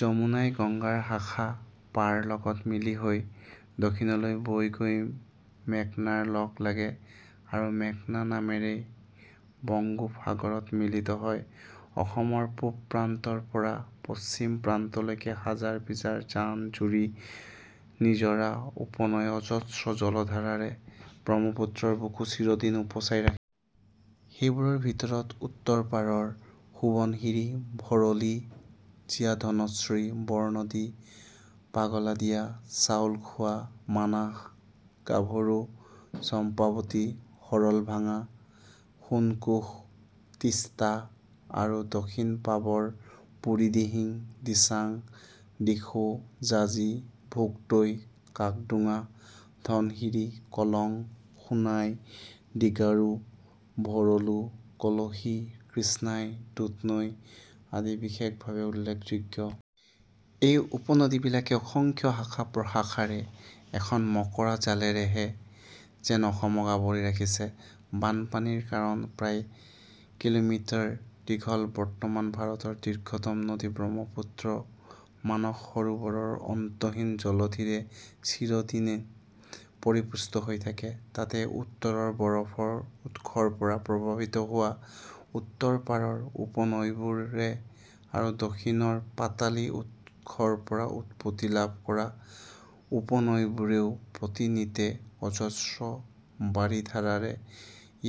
যমুনাই গংগাৰ শাখা পাৰ লগত মিলিত হৈ দক্ষিণলৈ বৈ গৈ মেঘনাৰ লগ লাগে আৰু মেঘনা নামেৰেই বংগােপসাগৰত মিলিত হয়। অসমৰ পূব প্ৰান্তৰপৰা পশ্চিম প্ৰান্তলৈকে হাজাৰ-বিজাৰ জান, জুৰি, নিজৰা, উপনৈয়ে অজস্ৰ জলধাৰাৰে ব্ৰহ্মপুত্ৰৰ বুকু চিৰদিন উপচাই ৰাখে। সেইবােৰৰ ভিতৰত উত্তৰপাৰৰ সােৱণশিৰি, ভৰলী, জীয়াধনশ্ৰী, বৰনদী, পাগলাদিয়া, চাউলখােৱা, মানাহ, গাভৰু, চম্পাৱতী, সৰলভাঙ্গা, সােণকোষ, তিস্তা আৰু দক্ষিণপাবৰ বুঢ়ীদিহিং, দিচাং, দিখৌ, জাঁজি, ভােগদৈ, কাকডােঙা, ধনশিৰী, কলং, সােণাই, দিগাৰু, ভৰলু, কলহী, কৃষ্ণাই, দুধনৈ আদি বিশেষভাৱে উল্লেখযােগ্য। এই উপনদীবিলাকে অসংখ্য শাখা-প্ৰশাখাৰে এখন মকৰা জালেৰেহে যেন অসমক আৱৰি ৰাখিছে। বানপানীৰ কাৰণ প্ৰায় কিলােমিটাৰ দীঘল বৰ্তমান ভাৰতৰ দীৰ্ঘতম নদী ব্ৰহ্মপুত্ৰ মানস সৰােবৰৰ অন্তহীন জলধিৰে চিৰদিনে পৰিপুষ্ট হৈ থাকে। তাতে উত্তৰৰ বৰফৰ উৎসৰপৰা প্ৰৱাহিত হােৱা উত্তৰপাৰৰ উপনৈবােৰে আৰু দক্ষিণৰ পাতালী উৎসৰপৰা উৎপত্তি লাভ কৰা উপনৈবােৰেও প্ৰতি নিতে অজস্ৰ বাৰিধাৰাৰে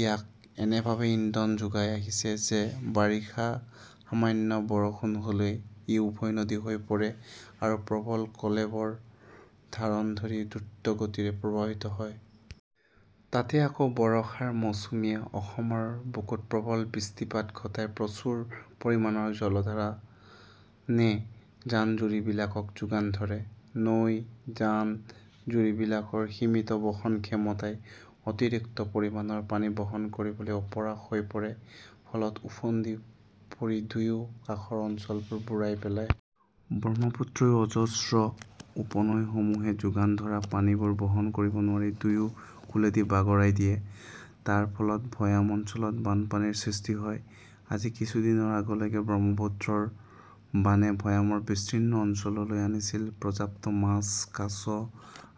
ইয়াক এনেভাৱে ইন্ধন যােগাই আহিছে যে বাৰিষা সামান্য বৰষুণ হ'লেই ই উভৈনদী হৈ পৰে আৰু প্ৰবল কলেৱৰ ধাৰণ কৰি দ্ৰুতগতিৰে প্ৰবাহিত হয়। তাতে আকৌ বৰষাৰ মৌচুমীয়ে অসমৰ বুকুত প্ৰবল বৃষ্টিপাত ঘটাই প্ৰচুৰ পৰিমাণৰ জলধাৰা নে, জান-জুৰিবিলাকক যােগান ধৰে। নৈ, জান-জুৰিবিলাকৰ সীমিত বহন ক্ষমতাই অতিৰিক্ত পৰিমাণৰ পানী বহন কৰিবলৈ অপাৰগ হৈ পৰে; ফলত ওফন্দি পৰি দুয়াে কাষৰ অঞ্চলবােৰ বুৰাই পেলায়। ব্ৰহ্মপুত্ৰয়াে অজস্ৰ উপনৈসমূহে যােগান ধৰা পানীবােৰ বহন কৰিব নােৱাৰি দুয়াে কুলেদি বাগৰাই দিয়ে; তাৰ ফলত ভৈয়াম অঞ্চলত বানপানীৰ সৃষ্টি হয়। আজি কিছুদিনৰ আগলৈকে ব্ৰহ্মপুত্ৰৰ বানে ভৈয়ামৰ বিস্তীৰ্ণ অঞ্চললৈ আনিছিল পৰ্যাপ্ত মাছ, কাছ,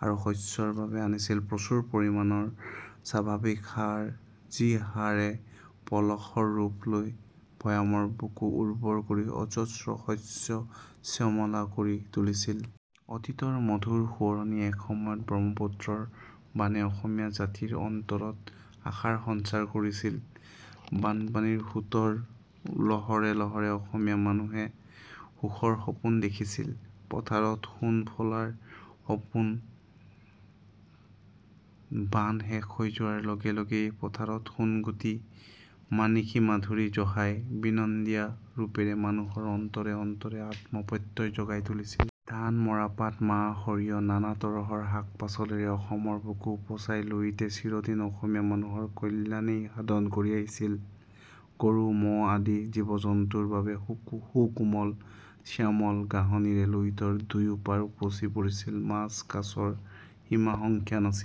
আৰু শস্যৰ বাবে আনিছিল প্ৰচুৰ পৰিমাণৰ স্বাভাৱিক সাৰ- যি সাৰে পলসৰ ৰূপ লৈ ভৈয়ামৰ বুকু উৰ্বৰ কৰি অজস্ৰ শস্য শ্যামলা কৰি তুলিছিল। অতীতৰ মধুৰ সোঁৱৰণি এসময়ত ব্ৰহ্মপুত্ৰৰ বানে অসমীয়া জাতিৰ অন্তৰত আশাৰ সঞ্চাৰ কৰিছিল; বানপানীৰ সোঁতৰ লহৰে লহৰে অসমীয়া মানুহে সুখৰ সপােন দেখিছিল। পথাৰত সােণ ফলাৰ সপােন বান শেষ হৈ যােৱাৰ লগে লগে পথাৰত সােণগুটি মাণিকীমাধুৰী জহাই বিনন্দীয়া ৰূপেৰে মানুহৰ অন্তৰে অন্তৰে আত্ম প্ৰত্যয় জগাই তুলিছিল। ধান, মৰাপাট, মাহ, সৰিয়হ, নানা তৰহৰ শাক-পাচলিৰে অসমৰ বুকু উপচাই লুইতে চিৰদিন অসমীয়া মানুহৰ কল্যাণেই সাধন কৰি আহিছিল। গৰু, ম'হ আদি জীৱ-জন্তুৰ বাবে সুকোমল, শ্যামল ঘাহনিৰে লুইতৰ দুয়াে পাৰ উপচি পৰিছিল। মাছ-কাছৰ সীমাসংখ্যা নাছিল।